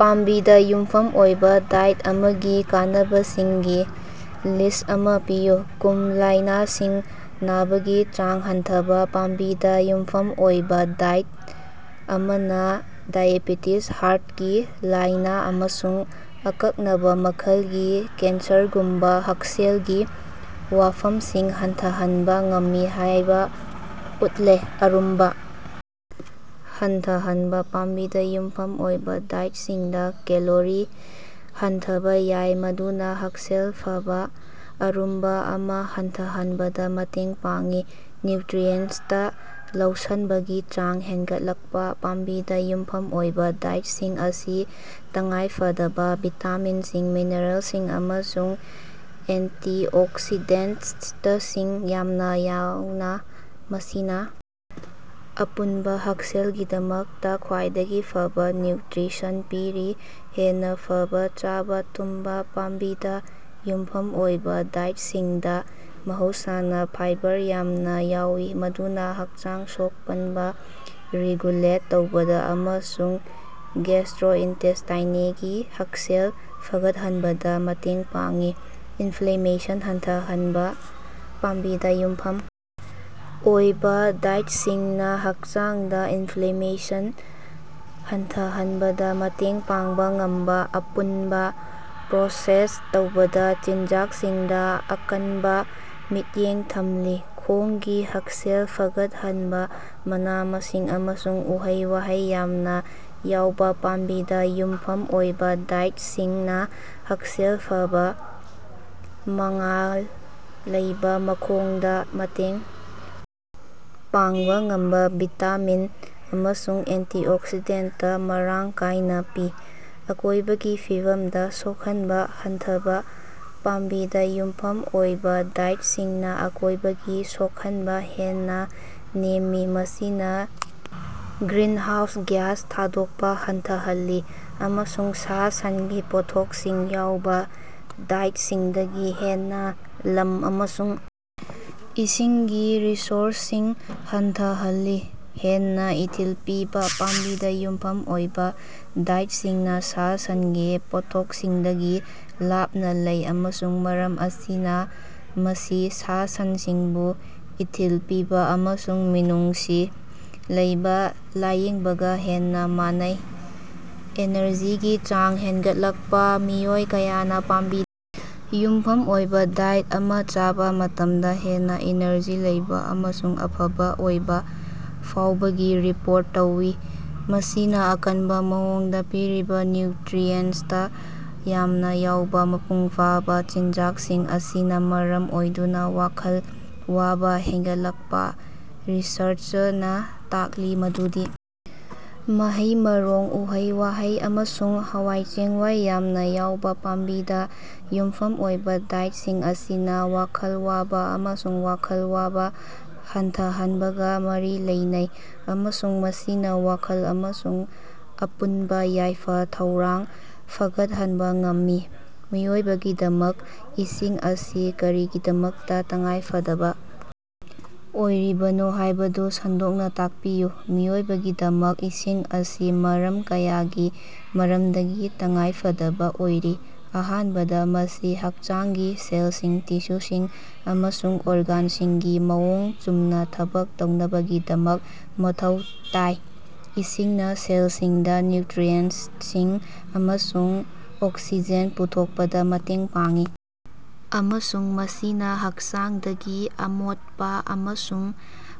ꯄꯥꯝꯕꯤꯗ ꯌꯨꯝꯐꯝ ꯑꯣꯏꯕ ꯗꯥꯏꯠ ꯑꯃꯒꯤ ꯀꯥꯟꯅꯕꯁꯤꯡꯒꯤ ꯂꯤꯁꯠ ꯑꯃ ꯄꯤꯌꯨ꯫ ꯀꯨꯝ ꯂꯢꯅꯥꯁꯤꯡ ꯅꯕꯒꯤ ꯆꯥꯡ ꯍꯟꯊꯕꯥ: ꯄꯥꯝꯕꯤꯗꯥ ꯌꯨꯝꯐꯝ ꯑꯣꯏꯕꯥ ꯗꯥꯏꯠ ꯑꯃꯅ ꯗꯥꯏꯑꯦꯕꯦꯇꯤꯖ, ꯍꯥꯔꯠꯀꯤ ꯂꯥꯢꯅ ꯑꯃꯁꯨꯡ ꯑꯀꯛꯅꯕ ꯃꯈꯜꯒꯤ ꯀꯦꯟꯁꯔꯒꯨꯝꯕ ꯍꯛꯁꯦꯜꯒꯤ ꯋꯥꯐꯝꯁꯤꯡ ꯍꯟꯊꯍꯟꯕ ꯉꯝꯃꯤ ꯍꯥꯢꯕ ꯎꯠꯂꯦ꯫ ꯑꯔꯨꯝꯕ ꯍꯟꯊꯍꯟꯕ: ꯄꯥꯝꯕꯤꯗ ꯌꯨꯝꯐꯝ ꯑꯣꯏꯕ ꯗꯥꯏꯇꯁꯤꯡꯗ ꯀꯦꯂꯣꯔꯤ ꯍꯟꯊꯕ ꯌꯥꯏ ꯃꯗꯨꯅ ꯍꯛꯁꯦꯜ ꯐꯕꯥ ꯑꯔꯨꯝꯕ ꯑꯃ ꯍꯟꯊꯍꯟꯕꯗ ꯃꯇꯦꯡ ꯄꯥꯡꯏ꯫ ꯅ꯭ꯌꯨꯇ꯭ꯔꯤꯑꯦꯟꯁꯇ ꯂꯧꯁꯟꯕꯒꯤ ꯆꯥꯡ ꯍꯦꯟꯒꯠꯂꯛꯄ: ꯄꯥꯝꯕꯤꯗ ꯌꯨꯝꯐꯝ ꯑꯣꯏꯕ ꯗꯥꯏꯠꯁꯤꯡ ꯑꯁꯤ ꯇꯉꯥꯏꯐꯗꯕ ꯚꯤꯇꯥꯃꯤꯟꯁꯤꯡ, ꯃꯤꯅꯔꯦꯜꯁꯤꯡ ꯑꯃꯁꯨꯡ ꯑꯦꯟꯇꯤꯑꯣꯛꯁꯤꯗꯦꯟꯇꯁꯤꯡ ꯌꯥꯝꯅ ꯌꯥꯎꯅ ꯃꯁꯤꯅꯥ ꯑꯄꯨꯟꯕ ꯍꯛꯁꯦꯜꯒꯤꯗꯃꯛꯇ ꯈ꯭ꯋꯥꯏꯗꯒꯤ ꯐꯕ ꯅ꯭ꯌꯨꯇ꯭ꯔꯤꯁꯟ ꯄꯤꯔꯤ꯫ ꯍꯦꯟꯅ ꯐꯕ ꯆꯥꯕ ꯇꯨꯝꯕ: ꯄꯥꯝꯕꯤꯗ ꯌꯨꯝꯐꯝ ꯑꯣꯏꯕ ꯗꯥꯏꯠꯁꯤꯡꯗꯥ ꯃꯍꯧꯁꯥꯅ ꯐꯥꯏꯕꯔ ꯌꯥꯝꯅ ꯌꯥꯎꯏ ꯃꯗꯨꯅ ꯍꯛꯆꯥꯡ ꯁꯣꯛ-ꯄꯟꯕ ꯔꯤꯒꯨꯂꯦꯠ ꯇꯧꯕꯗ ꯑꯃꯁꯨꯡ ꯒꯦꯁꯇ꯭ꯔꯣꯏꯟꯇꯦꯁꯇꯥꯏꯅꯦꯒꯤ ꯍꯛꯁꯦꯜ ꯐꯒꯠꯍꯟꯕꯗ ꯃꯇꯦꯡ ꯄꯥꯡꯏ꯫ ꯏꯟꯐ꯭ꯂꯦꯃꯦꯁꯟ ꯍꯟꯊꯍꯟꯕ: ꯄꯥꯝꯕꯤꯗ ꯌꯨꯝꯐꯝ ꯑꯣꯏꯕꯥ ꯗꯥꯏꯇꯁꯤꯡꯅ ꯍꯛꯆꯥꯡꯗ ꯏꯟꯐ꯭ꯂꯦꯃꯦꯁꯟ ꯍꯟꯊꯍꯟꯕꯗ ꯃꯇꯦꯡ ꯄꯥꯡꯕ ꯉꯝꯕ ꯑꯄꯨꯟꯕ ꯄ꯭ꯔꯣꯁꯦꯁ ꯇꯧꯗꯕ ꯆꯤꯟꯖꯥꯛꯁꯤꯡꯗ ꯑꯀꯟꯕꯥ ꯃꯤꯠꯌꯦꯡ ꯊꯝꯂꯤ꯫ ꯈꯣꯡꯒꯤ ꯍꯛꯁꯦꯜ ꯐꯒꯠꯍꯟꯕꯥ: ꯃꯅꯥ-ꯃꯁꯤꯡ ꯑꯃꯁꯨꯡ ꯎꯍꯩ-ꯋꯥꯍꯩ ꯌꯥꯝꯅ ꯌꯥꯎꯕ ꯄꯥꯝꯕꯤꯗ ꯌꯨꯝꯐꯝ ꯑꯣꯏꯕ ꯗꯥꯏꯇꯁꯤꯡꯅ ꯍꯛꯁꯦꯜ ꯐꯕ ꯃꯉꯥꯜ ꯂꯩꯕ ꯃꯈꯣꯡꯗ ꯃꯇꯦꯡ ꯄꯥꯡꯕ ꯉꯝꯕ ꯚꯤꯇꯥꯃꯤꯟ ꯑꯃꯁꯨꯡ ꯑꯦꯟꯇꯤꯑꯣꯛꯁꯤꯗꯦꯟꯇ ꯃꯔꯥꯡ ꯀꯥꯢꯅ ꯄꯤ꯫ ꯑꯀꯣꯢꯕꯒꯤ ꯐꯤꯕꯝꯗ ꯁꯣꯛꯍꯟꯕꯥ ꯍꯟꯊꯕꯥ: ꯄꯥꯝꯕꯤꯗꯥ ꯌꯨꯝꯐꯝ ꯑꯣꯏꯕꯥ ꯗꯥꯏꯇꯁꯤꯡꯅ ꯑꯀꯣꯢꯕꯒꯤ ꯁꯣꯛꯍꯟꯕ ꯍꯦꯟꯅ ꯅꯦꯝꯃꯤ ꯃꯁꯤꯅꯥ ꯒ꯭ꯔꯤꯅꯍꯥꯎꯁ ꯒ꯭ꯌꯥꯁ ꯊꯥꯗꯣꯛꯄ ꯍꯟꯊꯍꯜꯂꯤ ꯑꯃꯁꯨꯡ ꯁꯥ-ꯁꯟꯒꯤ ꯄꯣꯠꯊꯣꯛꯁꯤꯡ ꯌꯥꯎꯕ ꯗꯥꯏꯇꯁꯤꯡꯗꯒꯤ ꯍꯦꯟꯅ ꯂꯝ ꯑꯃꯁꯨꯡ ꯏꯁꯤꯡꯒꯤ ꯔꯤꯁꯣꯔꯁꯁꯤꯡ ꯍꯟꯊꯍꯜꯂꯤ꯫ ꯍꯦꯟꯅꯥ ꯏꯊꯤꯜ ꯄꯤꯕꯥ: ꯄꯥꯝꯕꯤꯗ ꯌꯨꯝꯐꯝ ꯑꯣꯏꯕ ꯗꯥꯏꯇꯁꯤꯡꯅ ꯁꯥ-ꯁꯟꯒꯤ ꯄꯣꯠꯊꯣꯛꯁꯤꯡꯗꯒꯤ ꯂꯥꯞꯅꯥ ꯂꯩ ꯑꯃꯁꯨꯡ ꯃꯔꯝ ꯑꯁꯤꯅ ꯃꯁꯤ ꯁꯥ-ꯁꯟꯁꯤꯡꯕꯨ ꯏꯊꯤꯜ ꯄꯤꯕꯥ ꯑꯃꯁꯨꯡ ꯃꯤꯅꯨꯡꯁꯤ ꯂꯩꯕꯥ ꯂꯥꯌꯦꯡꯕꯒ ꯍꯦꯟꯅ ꯃꯥꯟꯅꯩ꯫ ꯑꯦꯅꯔꯖꯤꯒꯤ ꯆꯥꯡ ꯍꯦꯟꯒꯠꯂꯛꯄꯥ: ꯃꯤꯑꯣꯏ ꯀꯌꯥꯅꯥ ꯄꯥꯝꯕꯤꯗꯥ ꯌꯨꯝꯐꯝ ꯑꯣꯏꯕꯥ ꯗꯥꯏꯠ ꯑꯃ ꯆꯥꯕ ꯃꯇꯝꯗ ꯍꯦꯟꯅ ꯏꯅꯔꯖꯤ ꯂꯩꯕ ꯑꯃꯁꯨꯡ ꯑꯐꯕ ꯑꯣꯏꯕ ꯐꯥꯎꯕꯒꯤ ꯔꯤꯄꯣꯔꯠ ꯇꯧꯏ ꯃꯁꯤꯅꯥ ꯑꯀꯟꯕ ꯃꯑꯣꯡꯗ ꯄꯤꯔꯤꯕꯥ ꯅ꯭ꯌꯨꯇ꯭ꯔꯤꯑꯦꯟꯁꯇ ꯌꯥꯝꯅ ꯌꯥꯎꯕ ꯃꯄꯨꯡꯐꯥꯕꯥ ꯆꯤꯟꯖꯥꯛꯁꯤꯡ ꯑꯁꯤꯅ ꯃꯔꯝ ꯑꯣꯏꯗꯨꯅ ꯋꯥꯈꯜ ꯋꯥꯕꯥ ꯍꯦꯟꯒꯠꯂꯛꯄꯥ: ꯔꯤꯁꯔꯆꯅ ꯇꯥꯛꯂꯤ ꯃꯗꯨꯗꯤ ꯃꯍꯩ-ꯃꯔꯣꯡ, ꯎꯍꯩ-ꯋꯥꯍꯩ ꯑꯃꯁꯨꯡ ꯍꯋꯥꯏ ꯆꯦꯡꯋꯥꯏ ꯌꯥꯝꯅ ꯌꯥꯎꯕ ꯄꯥꯝꯕꯤꯗ ꯌꯨꯝꯐꯝ ꯑꯣꯏꯕ ꯗꯥꯏꯇꯁꯤꯡ ꯑꯁꯤꯅ ꯋꯥꯈꯜ ꯋꯥꯕ ꯑꯃꯁꯨꯡ ꯋꯥꯈꯜ ꯋꯥꯕ ꯍꯟꯊꯍꯟꯕꯒ ꯃꯔꯤ ꯂꯩꯅꯩ ꯑꯃꯁꯨꯡ ꯃꯁꯤꯅ ꯋꯥꯈꯜ ꯑꯃꯁꯨꯡ ꯑꯄꯨꯟꯕ ꯌꯥꯏꯐ-ꯊꯧꯔꯥꯡ ꯐꯒꯠꯍꯟꯕ ꯉꯝꯃꯤ꯫ ꯃꯤꯑꯣꯏꯕꯒꯤꯗꯃꯛ ꯏꯁꯤꯡ ꯑꯁꯤ ꯀꯔꯤꯒꯤꯗꯃꯛꯇꯥ ꯇꯉꯥꯏꯐꯗꯕꯥ ꯑꯣꯏꯔꯤꯕꯅꯣ ꯍꯥꯢꯕꯗꯨ ꯁꯟꯗꯣꯛꯅ ꯇꯥꯛꯄꯤꯌꯨ꯫ ꯃꯤꯑꯣꯏꯕꯒꯤꯗꯃꯛ ꯏꯁꯤꯡ ꯑꯁꯤ ꯃꯔꯝ ꯀꯌꯥꯒꯤ ꯃꯔꯝꯗꯒꯤ ꯇꯉꯥꯏꯐꯗꯕ ꯑꯣꯏꯔꯤ꯫ ꯑꯍꯥꯟꯕꯗ ꯃꯁꯤ ꯍꯛꯆꯥꯡꯒꯤ ꯁꯦꯜꯁꯤꯡ, ꯇꯤꯁꯨꯁꯤꯡ ꯑꯃꯁꯨꯡ ꯑꯣꯔꯒꯥꯟꯁꯤꯡꯒꯤ ꯃꯑꯣꯡ ꯆꯨꯝꯅ ꯊꯕꯛ ꯇꯧꯅꯕꯒꯤꯗꯃꯛ ꯃꯊꯧ ꯇꯥꯏ꯫ ꯏꯁꯤꯡꯅ ꯁꯦꯜꯁꯤꯡꯗ ꯅ꯭ꯌꯨꯇ꯭ꯔꯤꯑꯦꯟꯇꯁꯤꯡ ꯑꯃꯁꯨꯡ ꯑꯣꯛꯁꯤꯖꯦꯟ ꯄꯨꯊꯣꯛꯄꯗ ꯃꯇꯦꯡ ꯄꯥꯡꯏ ꯑꯃꯁꯨꯡ ꯃꯁꯤꯅ ꯍꯛꯆꯥꯡꯗꯒꯤ ꯑꯃꯣꯠꯄ ꯑꯃꯁꯨꯡ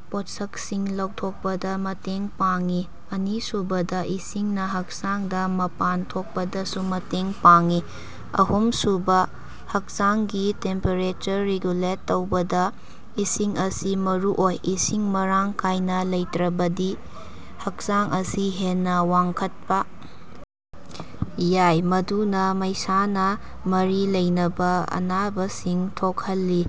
ꯄꯣꯠꯁꯛꯁꯤꯡ ꯂꯧꯊꯣꯛꯄꯗ ꯃꯇꯦꯡ ꯄꯥꯡꯏ꯫ ꯑꯅꯤꯁꯨꯕꯗ ꯏꯁꯤꯡꯅ ꯍꯛꯆꯥꯡꯗ ꯃꯄꯥꯟ ꯊꯣꯛꯄꯗꯁꯨ ꯃꯇꯦꯡ ꯄꯥꯡꯢ ꯫ ꯑꯍꯨꯝꯁꯨꯕ ꯍꯛꯆꯥꯡꯒꯤ ꯇꯦꯝꯄꯦꯔꯦꯆꯔ ꯔꯤꯒꯨꯂꯦꯠ ꯇꯧꯕꯗ ꯏꯁꯤꯡ ꯑꯁꯤ ꯃꯔꯨꯑꯣꯏ꯫ ꯏꯁꯤꯡ ꯃꯔꯥꯡ ꯀꯥꯢꯅ ꯂꯩꯇ꯭ꯔꯕꯗꯤ ꯍꯛꯆꯥꯡ ꯑꯁꯤ ꯍꯦꯟꯅ ꯋꯥꯡꯈꯠꯄ ꯌꯥꯏ ꯃꯗꯨꯅ ꯃꯩꯁꯥꯅ ꯃꯔꯤ ꯂꯩꯅꯕ ꯑꯅꯥꯕꯁꯤꯡ ꯊꯣꯛꯍꯜꯂꯤ꯫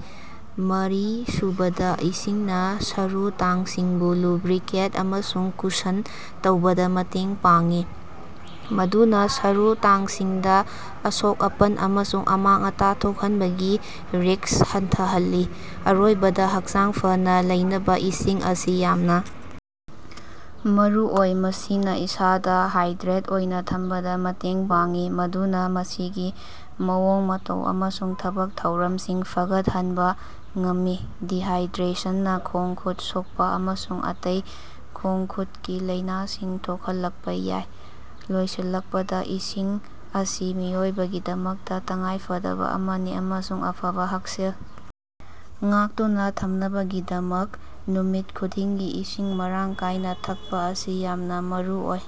ꯃꯔꯤꯁꯨꯕꯗ ꯏꯁꯤꯡꯅ ꯁꯔꯨ ꯇꯥꯡꯁꯤꯡꯕꯨ ꯂꯨꯕ꯭ꯔꯤꯀꯦꯠ ꯑꯃꯁꯨꯡ ꯀꯨꯁꯟ ꯇꯧꯕꯗ ꯃꯇꯦꯡ ꯄꯥꯡꯏ ꯃꯗꯨꯅ ꯁꯔꯨ ꯇꯥꯡꯁꯤꯡꯗꯥ ꯑꯁꯣꯛ-ꯑꯄꯟ ꯑꯃꯁꯨꯡ ꯑꯃꯥꯡ-ꯑꯇꯥ ꯊꯣꯛꯍꯟꯕꯒꯤ ꯔꯤꯛꯁ ꯍꯟꯊꯍꯜꯂꯤ꯫ ꯑꯔꯣꯏꯕꯗ ꯍꯛꯆꯥꯡ ꯐꯅꯥ ꯂꯩꯅꯕꯥ ꯏꯁꯤꯡ ꯑꯁꯤ ꯌꯥꯝꯅ ꯃꯔꯨꯑꯣꯏ꯫ ꯃꯁꯤꯅ ꯏꯁꯥꯗ ꯍꯥꯏꯗ꯭ꯔꯦꯠ ꯑꯣꯏꯅ ꯊꯝꯕꯗ ꯃꯇꯦꯡ ꯄꯥꯡꯏ ꯃꯗꯨꯅ ꯃꯁꯤꯒꯤ ꯃꯑꯣꯡ-ꯃꯇꯧ ꯑꯃꯁꯨꯡ ꯊꯕꯛ-ꯊꯧꯔꯝꯁꯤꯡ ꯐꯒꯠꯍꯟꯕꯥ ꯉꯝꯃꯤ꯫ ꯗꯤꯍꯥꯢꯗ꯭ꯔꯦꯁꯟꯅ ꯈꯣꯡ-ꯈꯨꯠ ꯁꯣꯛꯄꯥ ꯑꯃꯁꯨꯡ ꯑꯇꯩ ꯈꯣꯡ-ꯈꯨꯠꯀꯤ ꯂꯩꯅꯁꯤꯡ ꯊꯣꯛꯍꯜꯂꯛꯄꯥ ꯌꯥꯏ꯫ ꯂꯣꯏꯁꯤꯜꯂꯛꯄꯗ ꯏꯁꯤꯡ ꯑꯁꯤ ꯃꯤꯑꯣꯏꯕꯒꯤꯗꯃꯛ ꯇꯉꯥꯏꯐꯗꯕ ꯑꯃꯅꯤ ꯑꯃꯁꯨꯡ ꯑꯐꯕꯥ ꯍꯛꯁꯦꯜ ꯉꯥꯛꯇꯨꯅ ꯊꯝꯅꯕꯒꯤꯗꯃꯛ ꯅꯨꯃꯤꯠ ꯈꯨꯗꯤꯡꯒꯤ ꯏꯁꯤꯡ ꯃꯔꯥꯡ ꯀꯥꯢꯅꯥ ꯊꯛꯄ ꯑꯁꯤ ꯌꯥꯝꯅꯥ ꯃꯔꯨꯑꯣꯏ꯫